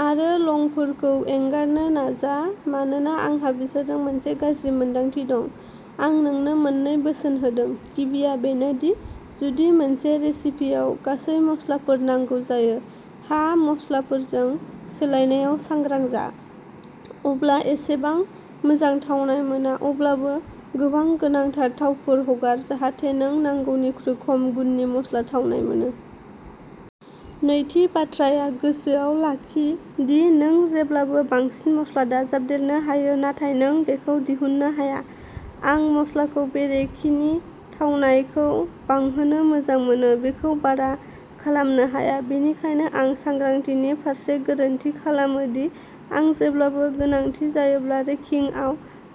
आरो लंफोरखौ एंगारनो नाजा मानोना आंहा बिसोरजों मोनसे गाज्रि मोन्दांथि दं। आं नोंनो मोननै बोसोन होदों। गिबिया बेनो दि जुदि मोनसे रेसिपियाव गासै मस्लाफोर नांगौ जायो, हा मसलाफोरजों सोलायनायाव सांग्रां जा। अब्ला एसेबां मोजां थावनाय मोना अब्लाबो गोबां गोनांथार थावफोर हगार जाहाथे नों नांगौनिख्रुइ खम गुननि मस्ला थावनाय मोनो। नैथि बाथ्राया गोसोआव लाखि दि नों जेब्लाबो बांसिन मस्ला दाजाबदेरनो हायो नाथाय नों बेखौ दिहुननो हाया। आं मस्लाखौ बेरेखिनि थावनायखौ बांहोनो मोजां मोनो बेखौ बारा खालामनो हाया बेनिखायनो आं सांग्रांथिनि फारसे गोरोन्थि खालामो दि आं जेब्लाबो गोनांथि जायोब्ला रेकिंआव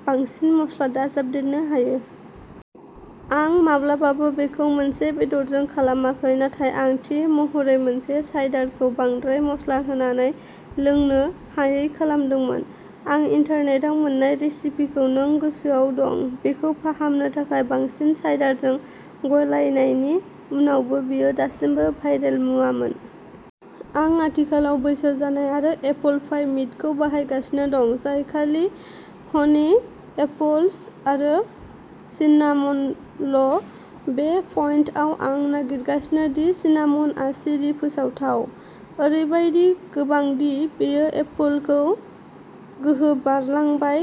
बांसिन मस्ला दाजाबदेरनो हायो। आं माब्लाबाबो बेखौ मोनसे बेदरजों खालामाखै नाथाय आं थि महरै मोनसे साइडारखौ बांद्राय मस्ला होनानै लोंनो हायै खालामदोंमोन। आं इन्टारनेटाव मोननाय रेसिपिखौ नों गोसोआव दं बेखौ फाहामनो थाखाय बांसिन साइडारजों गलायनायनि उनावबो बेयो दासिमबो भायरेल मुवामोन। आं आथिखालाव बैसो जानाय आरो एपोल पाइ मिडखौ बाहायगासिनो दं जाय खालि ह नी एपोल्स आरो सिनामनल। बे पइन्टआव आं नागिरगासिनो दि सिनामनआ सिरि फोसावथाव। ओरैबायदि गोबां दि बेयो एपोलखौ गोहो बारलांबाय।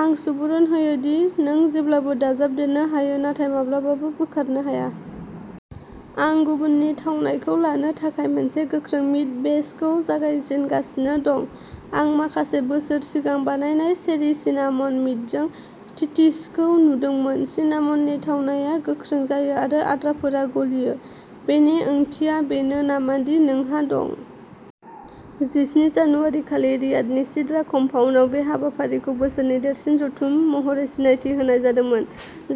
आं सुबुरुन होयो दि नों जेब्लाबो दाजाबदेरनो हायो नाथाय माब्लाबाबो बोखारनो हाया। आं गुबुननि थावनायखौ लानो थाखाय मोनसे गोख्रों मिड बेचखौ जागायजेनगासिनो दं। आं माखासे बोसोर सिगां बानायनाय चेरि सिनामन मिडजों थिटिसखौ नुदोंमोन। सिनामननि थावनाया गोख्रों जायो आरो आद्राफोरा गलियो। बेनि ओंथिया बेनो नामा दि नोंहा दं। जिस्नि जानुवारी खालि रियादनि सिद्रा कम्पाउन्डआव बे हाबाफारिखौ बोसोरनि देरसिन जथुम महरै सिनायथि होनाय जादोंमोन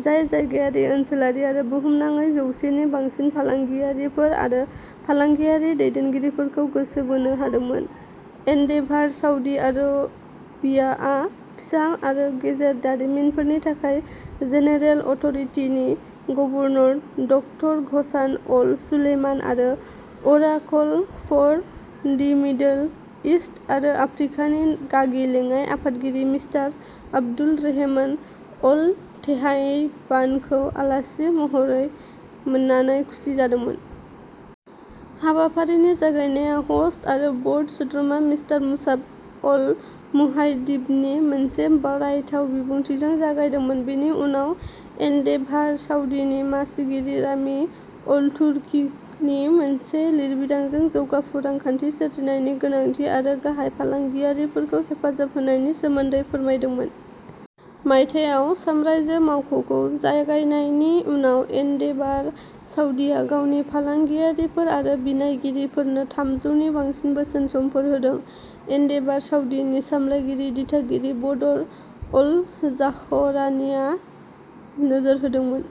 जाय जायगायारि ओनसोलारि आरो बुहुमनाङै जौवसेनि बांसिन फालांगियारिफोर आरो फालांगियारि दैदेनगिरिफोरखौ गोसो बोनो हादोंमोन। एन्डेभार साउदी आरबियाआ फिसा आरो गेजेर दारिमिनफोरनि थाखाय जेनेरेल अथ'रिटि नि गभर्नर डक्टर घसान अल-सुलेमान आरो Oracle for the Middle East आरो आफ्रिकानि गागि लेङाइ-आफादगिरि मिस्टार अब्दुलरहमान अल-थेहाइबानखौ आलासि महरै मोननानै खुसि जादोंमोन। हाबाफारिनि जागायनाया ह'स्ट आरो बर्ड सोद्रोमा मिस्टार मुसाब अलमुहाइदिबनि मोनसे बरायथाव बिबुंथिजों जागायदोंमोन बेनि उनाव एन्डेभार साउदीनि मासिगिरि रामि अलतुर्कीनि मोनसे लिरबिदांजों जौगाफु रांखान्थि सोरजिनायनि गोनांथि आरो गाहाय फालांगियारिफोरखौ हेफाजाब होनायनि सोमोन्दै फोरमायदोंमोन। मायथाइयाव सामराइजो मावख'खौ जागायनायनि उनाव एन्डेभार साउदीआ गावनि फालांगियारिफोर आरो बिनायगिरिफोरनो थामजौनि बांसिन बोसोन समफोर होदों एन्डेभार साउदीनि सामलायगिरि दिथागिरि बदर अलजाहरानीआ नोजोर होदोंमोन।